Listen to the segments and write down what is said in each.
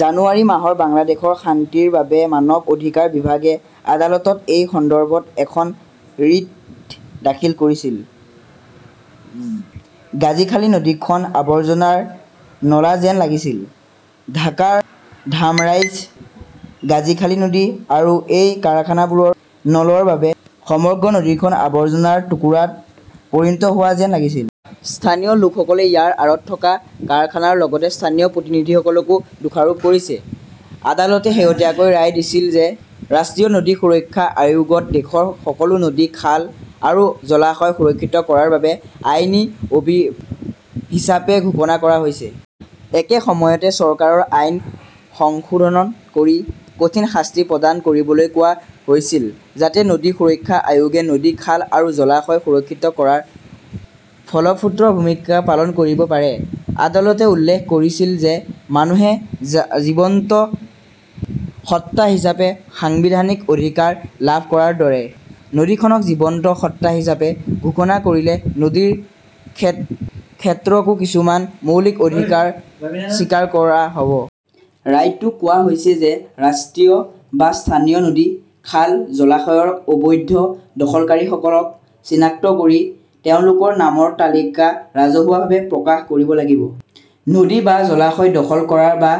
জানুৱাৰী মাহত বাংলাদেশৰ শান্তিৰ বাবে মানৱ অধিকাৰ বিভাগে আদালতত এই সন্দৰ্ভত এখন ৰিট দাখিল কৰিছিল। গাজীখালী নদীখন আৱৰ্জনাৰ নলা যেন লাগিছিল। ঢাকাৰ ধামৰাইৰ গাজীখালী নদী, আৰু এই কাৰখানাবোৰৰ নলাৰ বাবে সমগ্ৰ নদীখন আৱৰ্জনাৰ টুকুৰাত পৰিণত হোৱা যেন লাগিছিল। স্থানীয় লোকসকলে ইয়াৰ আৰত থকা কাৰখানাৰ লগতে স্থানীয় প্ৰতিনিধিসকলকো দোষাৰোপ কৰিছে। আদালতে শেহতীয়াকৈ ৰায় দিছিল যে ৰাষ্ট্ৰীয় নদী সুৰক্ষা আয়োগক দেশৰ সকলো নদী, খাল আৰু জলাশয় সুৰক্ষিত কৰাৰ বাবে 'আইনী অভিভাৱক হিচাপে ঘোষণা কৰা হৈছে। একে সময়তে, চৰকাৰক আইন সংশোধন কৰি 'কঠিন শাস্তি প্ৰদান কৰিবলৈ কোৱা হৈছিল যাতে নদী সুৰক্ষা আয়োগে নদী, খাল আৰু জলাশয় সুৰক্ষিত কৰাত ফলপ্ৰসূ ভূমিকা পালন কৰিব পাৰে। আদালতে উল্লেখ কৰিছিল যে মানুহে জীৱন্ত সত্তা হিচাপে সাংবিধানিক অধিকাৰ লাভ কৰাৰ দৰে, নদীখনক 'জীৱন্ত সত্তা হিচাপে ঘোষণা কৰিলে নদীৰ ক্ষেত্ৰতো কিছুমান মৌলিক অধিকাৰ স্বীকাৰ কৰা হ'ব। ৰায়টোত কোৱা হৈছে যে ৰাষ্ট্ৰীয় বা স্থানীয়- নদী, খাল, জলাশয়ৰ অবৈধ দখলকাৰীসকলক চিনাক্ত কৰি তেওঁলোকৰ নামৰ তালিকা ৰাজহুৱাভাৱে প্ৰকাশ কৰিব লাগিব। নদী বা জলাশয় দখল কৰা বা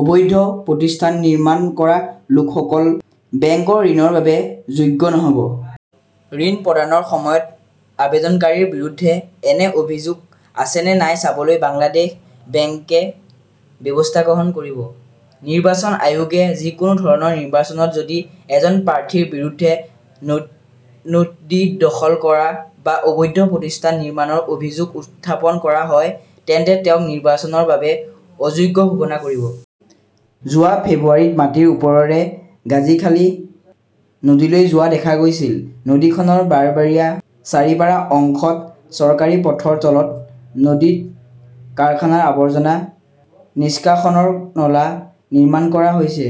অবৈধ প্ৰতিষ্ঠান নিৰ্মাণ কৰা লোকসকল বেংকৰ ঋণৰ বাবে যোগ্য নহ 'ব। ঋণ প্ৰদানৰ সময়ত আবেদনকাৰীৰ বিৰুদ্ধে এনে অভিযোগ আছে নে নাই চাবলৈ বাংলাদেশ বেংকে ব্যৱস্থা গ্ৰহণ কৰিব।. নিৰ্বাচন আয়োগে যিকোনো ধৰণৰ নিৰ্বাচনত যদি এজন প্ৰাৰ্থীৰ বিৰুদ্ধে নদী দখল কৰা বা অবৈধ প্ৰতিষ্ঠান নিৰ্মাণৰ অভিযোগ উত্থাপন কৰা হয় তেন্তে তেওঁক নিৰ্বাচনৰ বাবে অযোগ্য ঘোষণা কৰিব। যোৱা ফেব্ৰুৱাৰীত মাটিৰ ওপৰেৰে গাজীখালী নদীলৈ যোৱা দেখা গৈছিল, নদীখনৰ বাৰবাৰিয়া-চাৰিপাৰা অংশত চৰকাৰী পথৰ তলত নদীত কাৰখানাৰ আৱৰ্জনা নিষ্কাশনৰ নলা নিৰ্মাণ কৰা হৈছে।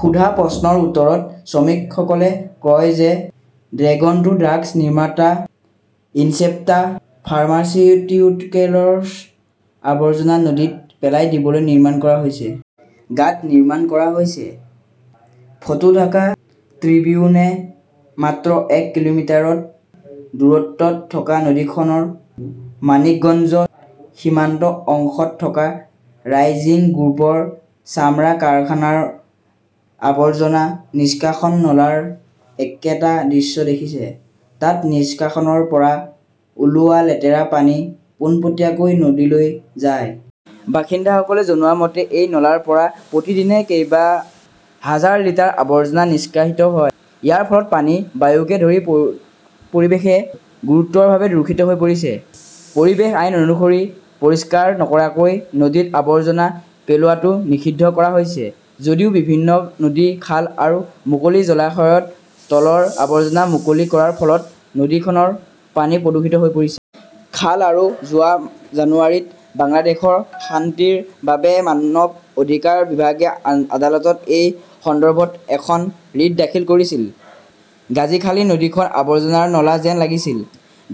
সোধা প্ৰশ্নৰ উত্তৰত শ্ৰমিকসকলে কয় যে ড্ৰেইনটো ড্ৰাগছ নিৰ্মাতা ইনচেপ্টা ফাৰ্মাচিউটিকেলছৰ আৱৰ্জনা নদীত পেলাই দিবলৈ নিৰ্মাণ কৰা হৈছে। গাঁত নিৰ্মাণ কৰা হৈছে। ফটো ঢাকা ট্ৰিবিউনে মাত্ৰ এক কিলোমিটাৰ দূৰত্বত থকা নদীখনৰ মানিকগঞ্জ সীমান্ত অংশত থকা ৰাইজিং গ্ৰুপৰ চামৰা কাৰখানাৰ আৱৰ্জনা নিষ্কাশন নলাৰ একেটা দৃশ্য দেখিছে। তাত নিষ্কাশনৰ পৰা ওলোৱা লেতেৰা পানী পোনপটীয়াকৈ নদীলৈ যায়। বাসিন্দাসকলে জনোৱা মতে এই নলাৰ পৰা প্ৰতিদিনে কেইবা হাজাৰ লিটাৰ আৱৰ্জনা নিষ্কাশিত হয়। ইয়াৰ ফলত পানী, বায়ুকে ধৰি পৰিৱেশ গুৰুতৰভাৱে দূষিত হৈ পৰিছে। পৰিৱেশ আইন অনুসৰি, পৰিষ্কাৰ নকৰাকৈ নদীত আৱৰ্জনা পেলোৱাটো নিষিদ্ধ কৰা হৈছে যদিও বিভিন্ন নদী, খাল আৰু মুকলি জলাশয়ত তৰল আৱৰ্জনা মুকলি কৰাৰ ফলত নদীখনৰ পানী প্ৰদূষিত হৈ পৰিছে। খাল আৰু"যোৱা জানুৱাৰীত বাংলাদেশৰ শান্তিৰ বাবে মানৱ অধিকাৰ বিভাগে আদালতত এই সন্দৰ্ভত এখন ৰিট দাখিল কৰিছিল। গাজীখালী নদীখন আৱৰ্জনাৰ নলা যেন লাগিছিল!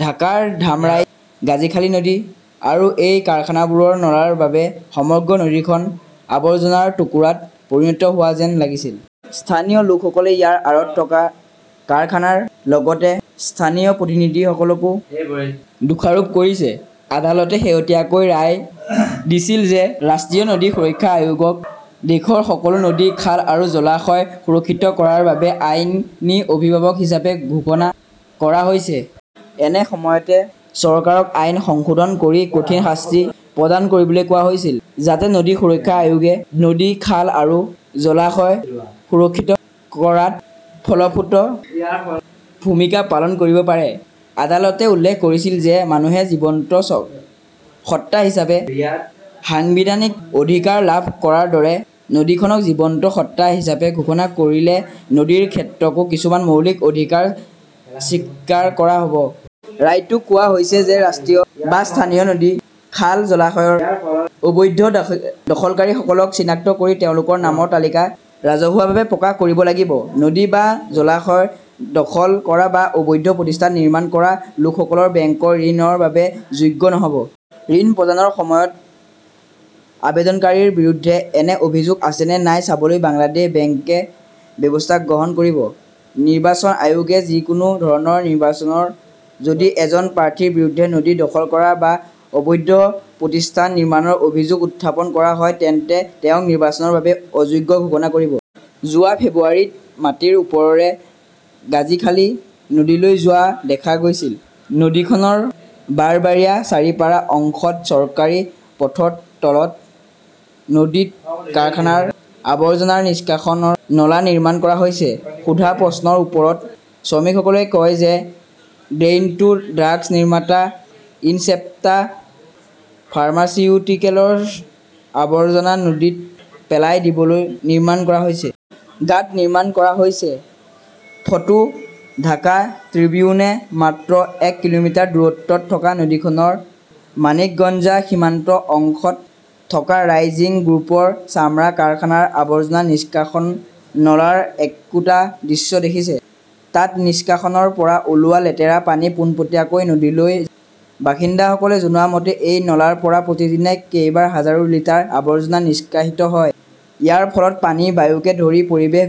ঢাকাৰ ধামৰাইৰ গাজীখালী নদী। আৰু এই কাৰখানাবোৰৰ নলাৰ বাবে সমগ্ৰ নদীখন আৱৰ্জনাৰ টুকুৰাত পৰিণত হোৱা যেন লাগিছিল। স্থানীয় লোকসকলে ইয়াৰ আঁৰত থকা কাৰখানাৰ লগতে স্থানীয় প্ৰতিনিধিসকলকো দোষাৰোপ কৰিছে। আদালতে শেহতীয়াকৈ ৰায় দিছিল যে ৰাষ্ট্ৰীয় নদী সুৰক্ষা আয়োগক দেশৰ সকলো নদী, খাল আৰু জলাশয় সুৰক্ষিত কৰাৰ বাবে 'আইনী অভিভাৱক ""হিচাপে ঘোষণা কৰা হৈছে। একে সময়তে, চৰকাৰক আইন সংশোধন কৰি 'কঠিন শাস্তি ""প্ৰদান কৰিবলৈ কোৱা হৈছিল যাতে নদী সুৰক্ষা আয়োগে নদী, খাল আৰু জলাশয় সুৰক্ষিত কৰাত ফলপ্ৰসূ ভূমিকা পালন কৰিব পাৰে। আদালতে উল্লেখ কৰিছিল যে মানুহে জীৱন্ত সত্তা হিচাপে সাংবিধানিক অধিকাৰ লাভ কৰাৰ দৰে, নদীখনক 'জীৱন্ত সত্তা ""হিচাপে ঘোষণা কৰিলে নদীৰ ক্ষেত্ৰতো কিছুমান মৌলিক অধিকাৰ স্বীকাৰ কৰা হ' ব। ৰায়টোত কোৱা হৈছে যে ৰাষ্ট্ৰীয় বা স্থানীয়-. নদী, খাল, জলাশয়ৰ অবৈধ দখলকাৰীসকলক চিনাক্ত কৰি তেওঁলোকৰ নামৰ তালিকা ৰাজহুৱাভাৱে প্ৰকাশ কৰিব লাগিব।. নদী বা জলাশয় দখল কৰা বা অবৈধ প্ৰতিষ্ঠান নিৰ্মাণ কৰা লোকসকল বেংকৰ ঋণৰ বাবে যোগ্য নহ 'ব। ঋণ প্ৰদানৰ সময়ত আবেদনকাৰীৰ বিৰুদ্ধে এনে অভিযোগ আছে নে নাই চাবলৈ বাংলাদেশ বেংকে ব্যৱস্থা গ্ৰহণ কৰিব।. নিৰ্বাচন আয়োগে যিকোনো ধৰণৰ নিৰ্বাচনত যদি এজন প্ৰাৰ্থীৰ বিৰুদ্ধে নদী দখল কৰা বা অবৈধ প্ৰতিষ্ঠান নিৰ্মাণৰ অভিযোগ উত্থাপন কৰা হয় তেন্তে তেওঁক নিৰ্বাচনৰ বাবে অযোগ্য ঘোষণা কৰিব। যোৱা ফেব্ৰুৱাৰীত মাটিৰ ওপৰেৰে গাজীখালী নদীলৈ যোৱা দেখা গৈছিল, নদীখনৰ বাৰবাৰিয়া-চাৰিপাৰা অংশত চৰকাৰী পথৰ তলত নদীত কাৰখানাৰ আৱৰ্জনা নিষ্কাশনৰ নলা নিৰ্মাণ কৰা হৈছে। সোধা প্ৰশ্নৰ উত্তৰত শ্ৰমিকসকলে কয় যে ড্ৰেইনটো ড্ৰাগছ নিৰ্মাতা ইনচেপ্টা ফাৰ্মাচিউটিকেলছৰ আৱৰ্জনা নদীত পেলাই দিবলৈ নিৰ্মাণ কৰা হৈছে। গাঁত নিৰ্মাণ কৰা হৈছে। ফটো ,ঢাকা ট্ৰিবিউনে মাত্ৰ এক কিলোমিটাৰ দূৰত্বত থকা নদীখনৰ মানিকগঞ্জ সীমান্ত অংশত থকা ৰাইজিং গ্ৰুপৰ চামৰা কাৰখানাৰ আৱৰ্জনা নিষ্কাশন নলাৰ একেটা দৃশ্য দেখিছে। তাত নিষ্কাশনৰ পৰা ওলোৱা লেতেৰা পানী পোনপটীয়াকৈ নদীলৈ যায়। বাসিন্দাসকলে জনোৱা মতে এই নলাৰ পৰা প্ৰতিদিনে কেইবা হাজাৰ লিটাৰ আৱৰ্জনা নিষ্কাশিত হয়। ইয়াৰ ফলত পানী, বায়ুকে ধৰি পৰিৱেশ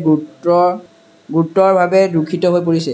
গুৰুতৰভাৱে দূষিত হৈ পৰিছে।